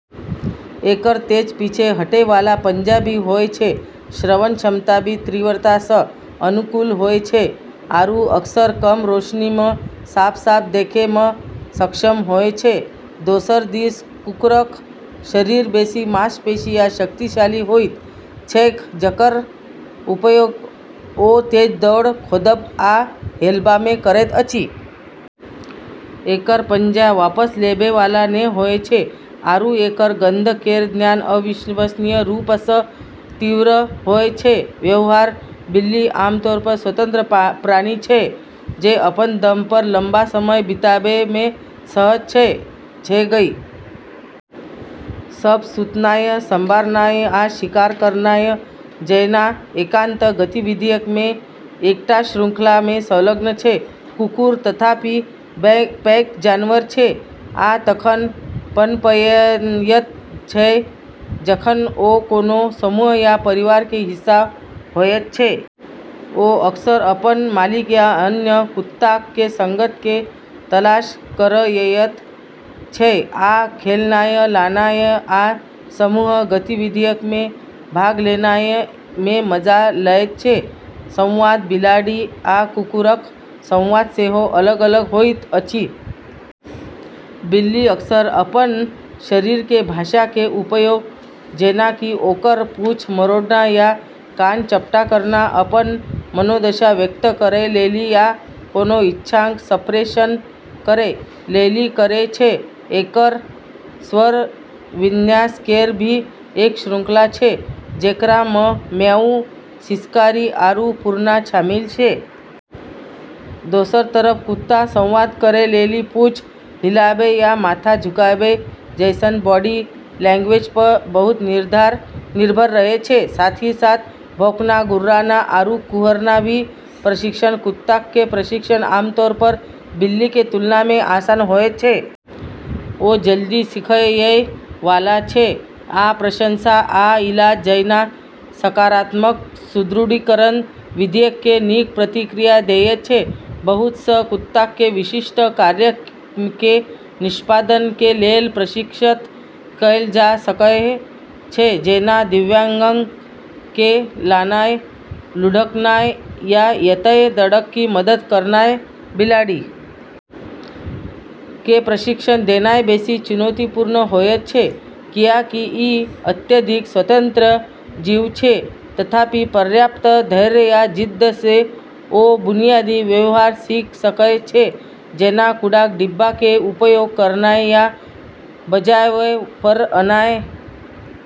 एकरऽ तेज पीछे हटै वाला पंजा भी होय छै, श्रवण क्षमता भी तीव्रता सऽ अनुकूल होय छै आरू अक्सर कम रोशनी मऽ साफ-साफ देखै मऽ सक्षम होय छै। दोसर दिस कुकुरक शरीर बेसी मांसपेशी आ शक्तिशाली होइत छैक, जकर उपयोग ओ तेज दौड़, खोदब आ हेलबा मे करैत अछि। एकरऽ पंजा वापस लेबै वाला नै होय छै आरू एकरऽ गंध केरऽ ज्ञान अविश्वसनीय रूप सऽ तीव्र होय छै। व्यवहार: बिल्ली आमतौर पर स्वतंत्र प्राणी छै, जे अपन दम पर लंबा समय बिताबै मे सहज छै ।ई सब सुतनाय, संवारनाय, आ शिकार करनाय जैना एकांत गतिविधियक कें एकटा श्रृंखला मे संलग्न छै। कुकुर, तथापि, पैक जानवर छै, आ तखन पनपएयत छै जखन ओ कोनो समूह या परिवार के हिस्सा होयत छै। ओ अक्सर अपन मालिक या अन्य कुत्ताक के संगत के तलाश करएयत छै ।आ खेलनाय, लानाय आ समूह गतिविधियक मे भाग लेनाय मे मजा लैत छै ।संवाद: बिलाड़ि आ कुकुरक संवाद सेहो अलग-अलग होइत अछि। बिल्ली अक्सर अपनऽ शरीर के भाषा के उपयोग, जेना कि ओकरऽ पूंछ मरोड़ना या कान चपटा करना, अपनऽ मनोदशा व्यक्त करै लेली या कोनों इच्छाक संप्रेषण करै लेली करै छै। एकरऽ स्वर-विन्यास केरऽ भी एक श्रृंखला छै, जेकरा मऽ म्याऊ, सिसकारी, आरू पुरना शामिल छै। दोसरऽ तरफ कुत्ता संवाद करै लेली पूँछ हिलाबै या माथा झुकाबै जैसनऽ बॉडी लैंग्वेज पऽ बहुत निर्भर रहै छै, साथ ही साथ भौंकना, गुर्राना, आरू कुहरना भी। प्रशिक्षण: कुत्ताक प्रशिक्षण आमतौर पर बिल्ली के तुलना मे आसान होयत छै। ओ जल्दी सीखएय वाला छै आ प्रशंसा आ इलाज जैना सकारात्मक सुदृढीकरण विधियक के नीक प्रतिक्रिया देयत छै। बहुत सऽ कुत्ताक के विशिष्ट कार्यक के निष्पादन के लेल प्रशिक्षित कैल जा सकएय छै, जेना दिव्यांगक के लानाय, लुढ़कनाय, या एतय तइक की मदद करनाय ।बिलाड़ि के प्रशिक्षण देनाय बेसि चुनौतीपूर्ण होयत छै, कियाकि इ अत्यधिक स्वतंत्र जीव छै ।तथापि, पर्याप्त धैर्य आ जिद्द सऽ ओ बुनियादी व्यवहार सीख सकय छै जेना कूड़ाक डिब्बा के उपयोग करनाय या बजावय पर आनाय।